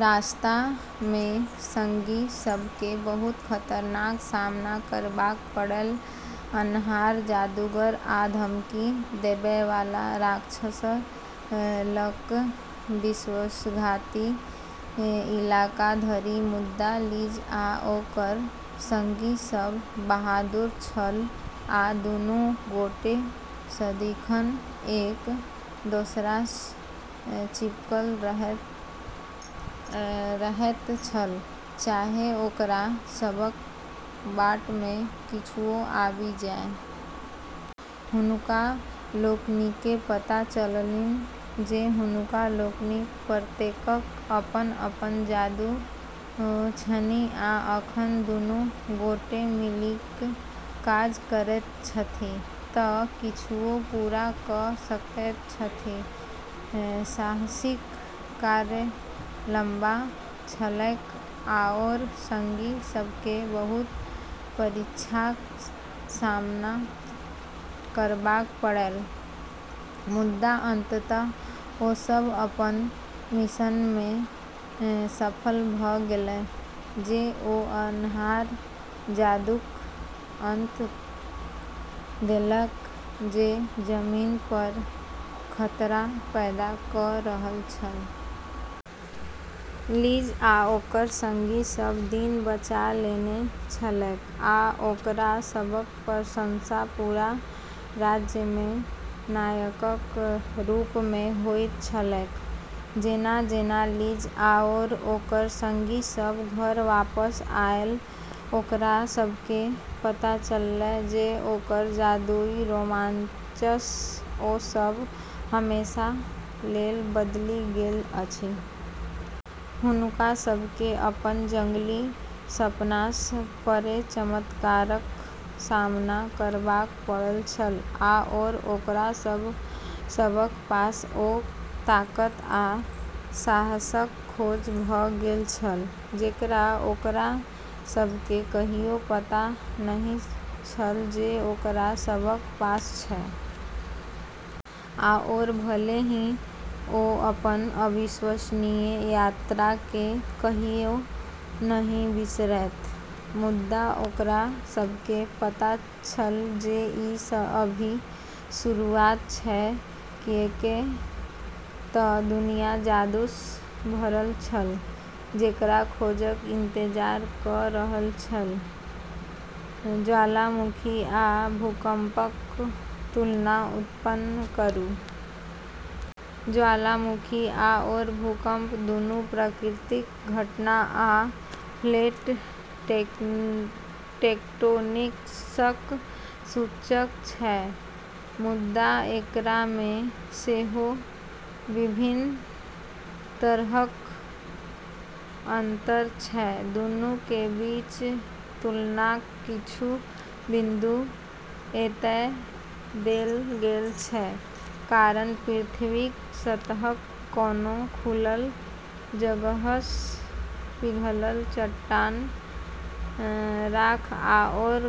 रास्तामे संगी सभकेँ बहुत खतराक सामना करबाक पड़लै, अन्हार जादूगर आ धमकी देबैवाला राक्षससँ लऽ कऽ विश्वासघाती इलाका धरि। मुदा लिज आ ओकर संगी सभ बहादुर छल, आ दूनू गोटे सदिखन एक दोसरासँ चिपकल रहैत छल, चाहे ओकरा सभक बाटमे किछुओ आबि जाय। हुनका लोकनिकेँ पता चललनि जे हुनका लोकनिक प्रत्येकक अपन-अपन जादू छनि आ जखन दूनू गोटे मिलिकऽ काज करैत छथि तऽ किछुओ पूरा कऽ सकैत छथि। साहसिक कार्य लंबा छलैक, आओर संगी सभकेँ बहुत परीक्षाक सामना करबाक पड़लै, मुदा अंततः, ओ सभ अपन मिशनमे सफल भऽ गेलै जे ओ अन्हार जादूक अंत कऽ देलकै जे जमीनपर खतरा पैदा कऽ रहल छल। लिज आ ओकर संगी सभ दिन बचा लेने छलैक, आ ओकरा सभक प्रशंसा पूरा राज्यमे नायकक रूपमे होइत छलैक। जेना-जेना लिज आओर ओकर संगी सभ घर वापस आएल, ओकरा सभकेँ पता चललै जे ओकर जादुई रोमांचसँ ओ सभ हमेशा लेल बदलि गेल अछि। हुनका सभकेँ अपन जंगली सपनासँ परे चमत्कारक सामना करबाक पड़ल छल आओर ओकरा सभक पास ओ ताकत आ साहसक खोज भऽ गेल छल जेकरा ओकरा सभकेँ कहियो पता नहि छल जे ओकरा सभक पास छै। आओर भले ही ओ अपन अविश्वसनीय यात्राकेँ कहियो नहि बिसरतै, मुदा ओकरा सभकेँ पता छल जे ई अभी शुरुआत छै, किऐक तऽ दुनिया जादूसँ भरल छल जेकरा खोजक इंतजार कऽ रहल छै। ज्वालामुखी आ भूकम्पक तुलना उत्पन्न करू। ज्वालामुखी आओर भूकंप दूनू प्राकृतिक घटना आ प्लेट टेक्टोनिक्सक सूचक छै, मुदा एकरामे सेहो विभिन्न तरहक अंतर छै। दूनू के बीच तुलनाक किछु बिंदु एतय देल गेल छै: कारण: पृथ्वीक सतहक कोनो खुलल जगहसँ पिघलल चट्टान, राख आओर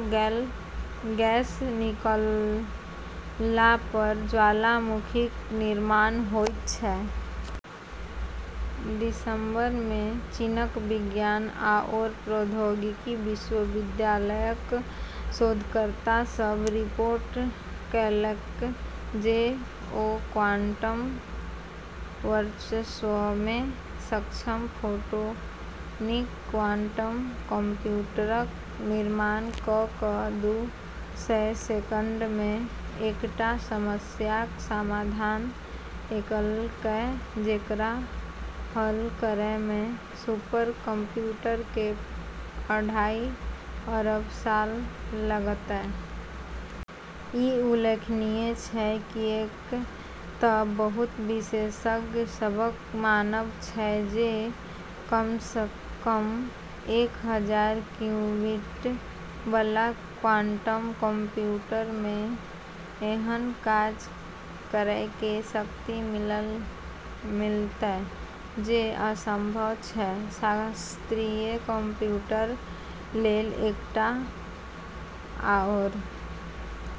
गैस निकललापर ज्वालामुखीक निर्माण होइत छै। दिसंबरमे चीनक विज्ञान आओर प्रौद्योगिकी विश्वविद्यालयक शोधकर्ता सभ रिपोर्ट कएलकै जे ओ क्वांटम वर्चस्वमे सक्षम फोटोनिक क्वांटम कंप्यूटरक निर्माण कऽ कऽ दू सय सेकंडमे एकटा समस्याक समाधान कएलकै जेकरा हल करैमे सुपर कंप्यूटरकेँ अढ़ाई अरब साल लगतै। ई उल्लेखनीय छै, किऐक तऽ बहुत विशेषज्ञ सभक मानब छै जे कमसँ कम एक हजार क्यूबिट बला क्वांटम कंप्यूटरमे एहन काज करैके शक्ति मिलतै जे असंभव छै शास्त्रीय कंप्यूटर लेल। एकटा आओर।